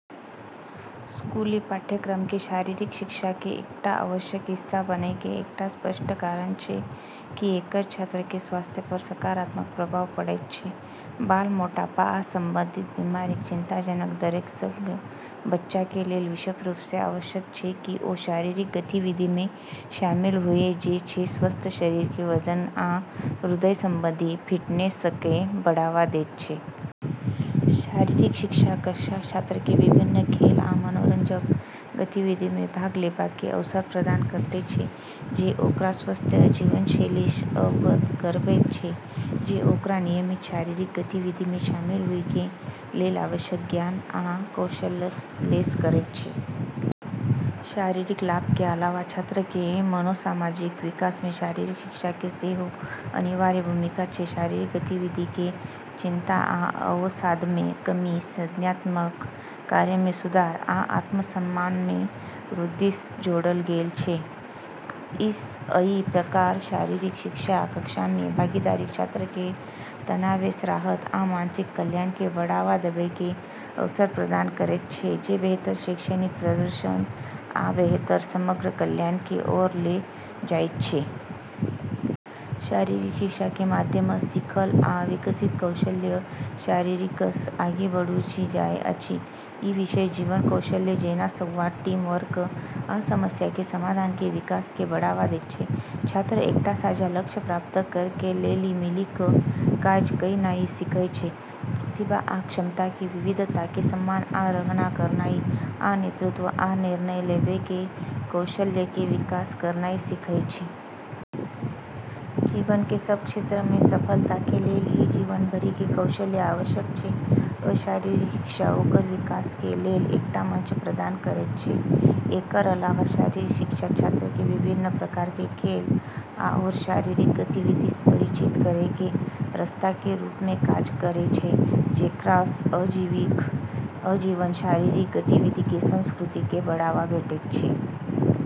स्कूली पाठ्यक्रमके शारीरिक शिक्षाके एकटा आवश्यक हिस्सा बनैके एकटा स्पष्ट कारण छै कि एकर छात्रके स्वास्थ्य पर सकारात्मक प्रभाव पड़ैत छै। बाल मोटापा आ संबंधित बीमारिक चिंताजनक दरके सङ्ग, बच्चाके लेल विशेष रूपसँ आवश्यक छै कि ओ शारीरिक गतिविधिमे शामिल हुए जे स्वस्थ शरीरके वजन आ हृदय संबंधी फिटनेसके बढ़ावा दैत छै। शारीरिक शिक्षा कक्षाक छात्रके विभिन्न खेल आ मनोरंजन गतिविधिमे भाग लेबाके अवसर प्रदान करैत छै जे ओकरा स्वस्थ जीवनशैलीसँ अवगत करबैत छै, जे ओकरा नियमित शारीरिक गतिविधिमे शामिल हुएके लेल आवश्यक ज्ञान आ कौशलसँ लैस करैत छै। शारीरिक लाभके अलावा छात्रके मनोसामाजिक विकासमे शारीरिक शिक्षाके सेहो अनिवार्य भूमिका छै। शारीरिक गतिविधिके चिंता आ अवसादमे कमी, संज्ञानात्मक कार्यमे सुधार, आ आत्मसम्मानमे वृद्धिसँ जोड़ल गेल छै। अइ प्रकार, शारीरिक शिक्षा कक्षामे भागीदारी छात्रके तनावसँ राहत आ मानसिक कल्याणके बढ़ावा देबैके अवसर प्रदान करैत छै, जे बेहतर शैक्षणिक प्रदर्शन आ बेहतर समग्र कल्याणके ओर ल' जाइत छै। शारीरिक शिक्षाके माध्यमसँ सीखल आ विकसित कौशल शारीरिकसँ आगू बढ़ि जाइत अछि। ई विषय जीवन कौशल जेना संवाद, टीम वर्क, आ समस्याके समाधानके विकासके बढ़ावा दैत छै। छात्र एकटा साझा लक्ष्य प्राप्त करैके लेल मिलि क' काज कयनाइ सीखय छै, प्रतिभा आ क्षमताके विविधताके सम्मान आ सराहना करनाइ, आ नेतृत्व आ निर्णय लेबैके कौशलके विकास करनाइ सीखय छै। जीवनके सब क्षेत्रमे सफलताके लेल इ जीवन भरिके कौशल आवश्यक छै, आ शारीरिक शिक्षा ओकर विकासके लेल एकटा मंच प्रदान करैत छै। एकर अलावा शारीरिक शिक्षा छात्रके विभिन्न प्रकारके खेल आओर शारीरिक गतिविधिसँ परिचित करैके रस्ताकेँ रूपमे काज करै छै, जेकरासँ आजीवन शारीरिक गतिविधिके संस्कृतिके बढ़ावा भेटैत छै।